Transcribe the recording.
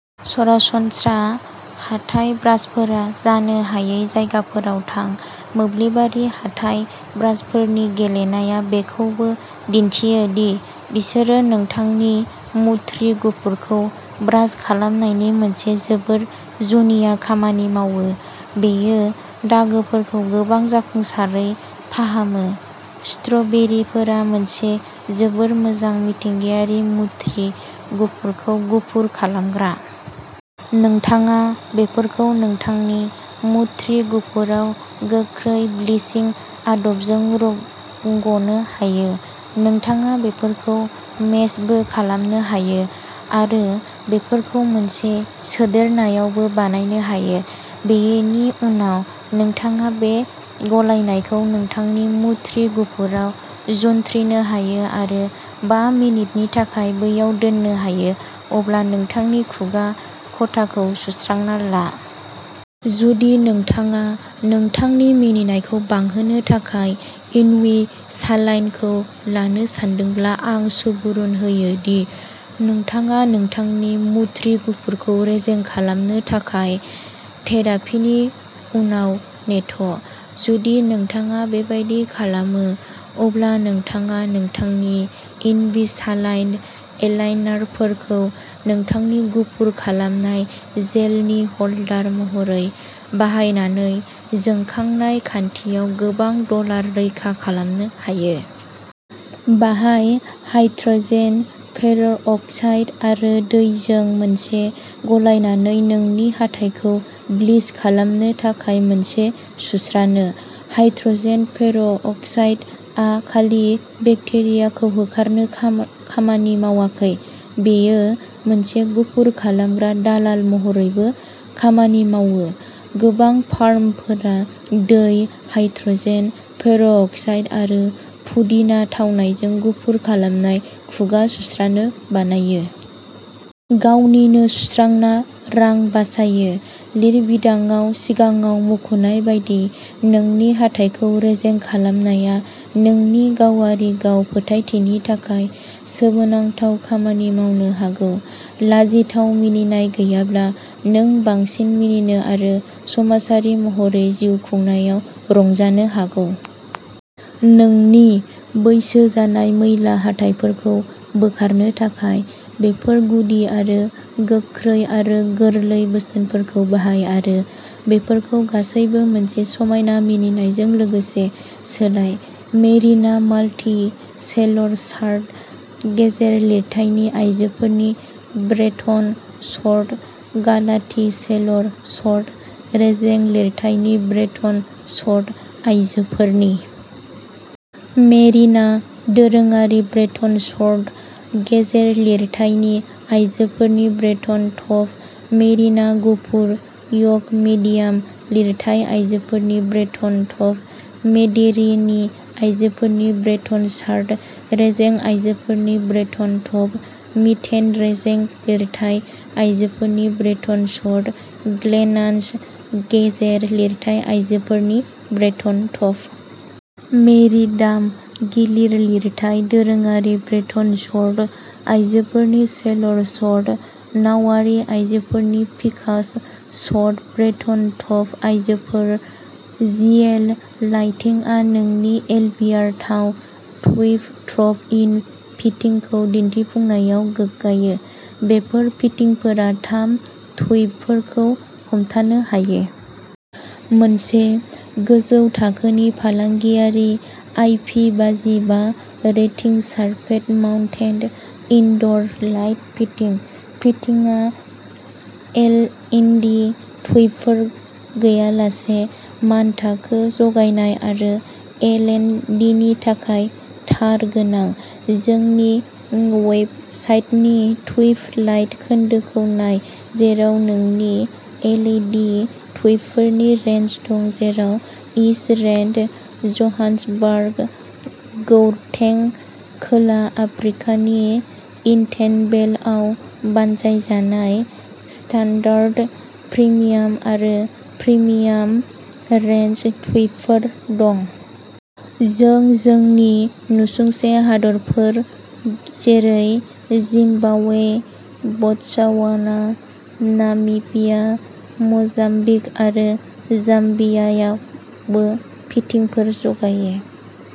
सरासनस्रा हाथाइ ब्रासफोरा जानो हायै जायगाफोराव थां। मोब्लिबारि हाथाइ ब्रासफोरनि गेलेनाया बेखौबो दिन्थियो दि बिसोरो नोंथांनि मुथ्रि गुफुरखौ ब्रास खालामनायनि मोनसे जोबोद जुनिया खामानि मावो। बेयो दागोफोरखौ गोबां जाफुंसारै फाहामो। स्ट्र'बेरिफोरा मोनसे जोबोद मोजां मिथिंगायारि मुथ्रि गुफुरखौ गुफुर खालामग्रा। नोंथाङा बेफोरखौ नोंथांनि मुथ्रि गुफुराव गोख्रै ब्लिचिं आदबजों रग'नो हायो। नोंथाङा बेफोरखौ मेसबो खालामनो हायो आरो बेफोरखौ मोनसे सोदेरनायावबो बानायनो हायो। बेनि उनाव नोंथाङा बे गलायनायखौ नोंथांनि मुथ्रि गुफुराव जुन्थ्रिनो हायो आरो बा मिनिटनि थाखाय बैयाव दोननो हायो, अब्ला नोंथांनि खुगा ख'थाखौ सुस्रांना ला। जुदि नोंथाङा नोंथांनि मिनिनायखौ बांहोनो थाखाय इनविसालाइनखौ लानो सानदोंब्ला, आं सुबुरुन होयो दि नोंथाङा नोंथांनि मुथ्रि गुफुरखौ रेजें खालामनो थाखाय थेरापिनि उनाव नेथ'। जुदि नोंथाङा बेबादि खालामो, अब्ला नोंथाङा नोंथांनि इनभिसालाइन एलाइनारफोरखौ नोंथांनि गुफुर खालामनाय जेलनि ह'ल्डार महरै बाहायनानै जोंखांनाय खान्थियाव गोबां डलार रैखा खालामनो हायो। बाहाय हाइड्र'जेन पेर'क्साइड आरो दैजों मोनसे गलायनानै नोंनि हाथाइखौ ब्लिच खालामनो थाखाय मोनसे सुस्रानो। हाइड्र'जेन पेर'क्साइडआ खालि बेक्टेरियाखौ होखारनो खामानि मावाखै, बेयो मोनसे गुफुर खालामग्रा दालाल महरैबो खामानि मावो। गोबां फार्मफोरा दै, हाइड्र'जेन पेर'क्साइड आरो पुदिना थावनायजों गुफुर खालामनाय खुगा सुस्रानो बानायो। गावनिनो सुस्रांना रां बासायो। लिरबिदांआव सिगाङाव मुंख'नाय बायदि, नोंनि हाथाइखौ रेजें खालामनाया नोंनि गावारि गाव फोथायथिनि थाखाय सोमोनांथाव खामानि मावनो हागौ। लाजिथाव मिनिनाय गैयाब्ला, नों बांसिन मिनिनो आरो समाजारि महरै जिउ खुंनायाव रंजानो हागोन। नोंनि बैसो जानाय, मैला हाथाइफोरखौ बोखारनो थाखाय बेफोर गुदि आरो गोख्रै आरो गोरलै बोसोनफोरखौ बाहाय आरो बेफोरखौ गासैबो मोनसे समायना मिनिनायजों लोगोसे सोलाय। मेरिना माल्टि सेलर शार्ट, गेजेर लिरथायनि आयजोफोरनि ब्रेटन शर्ट। गालाथि सेलर शर्ट, रेजें लिरथायनि ब्रेटन शर्ट आयजोफोरनि। मेरिना दोरोङारि ब्रेटन शर्ट, गेजेर लिरथायनि आयजोफोरनि ब्रेटन टप। मेरिना गुफुर य'क मिडियाम। लिरथाय आयजोफोरनि ब्रेटन टप। मेडिटेरेनी आयजोफोरनि ब्रेटन शार्ट, रेजें आयजोफोरनि ब्रेटन टप। मिनेट रेजें लिरथाय आयजोफोरनि ब्रेटन शर्ट। ग्लेनान्स गेजेर लिरथाय आयजोफोरनि ब्रेटन टप। मेरिडाम गिलिर लिरथाय दोरोङारि ब्रेटन शर्ट, आयजोफोरनि सेलर शर्ट। नावारि आयजोफोरनि पिकास' शर्ट, ब्रेटन टप आयजोफोर। जिएल लाइटिंआ जोंनि एलबिआर थाम ट्युब ड्रप इन फिटिंखौ दिन्थिफुंनायाव गोग्गायो। बेफोर फिटिंफोरा थाम ट्युबफोरखौ हमथानो हायो। मोनसे गोजौ थाखोनि फालांगियारि, आइपि बाजि बा rating, surface mounted indoor light fitting. फिटिंआ एलइडि ट्युबफोर गैयालासे मानथाखो जगायनाय आरो एलइडिनि थाखाय तार गोनां। जोंनि वेबसाइटनि ट्युब लाइट खोन्दोखौ नाय जेराव जोंनि एलइडि ट्युबफोरनि रेन्ज दं जेराव इस्ट रेन्ड, जोहान्सबार्ग, गौतें, खोला आफ्रिकानि इडेनभेलआव बानायजानाय स्टान्डार्ड, प्रिमियाम आरो प्रिमियाम रेन्ज ट्युबफोर दं। जों जोंनि नसुंसे हादोरफोर जेरै जिम्बाब्वे, बत्सवाना, नामिबिया, मोजाम्बिक आरो जाम्बियायावबो फिटिंफोर जगायो।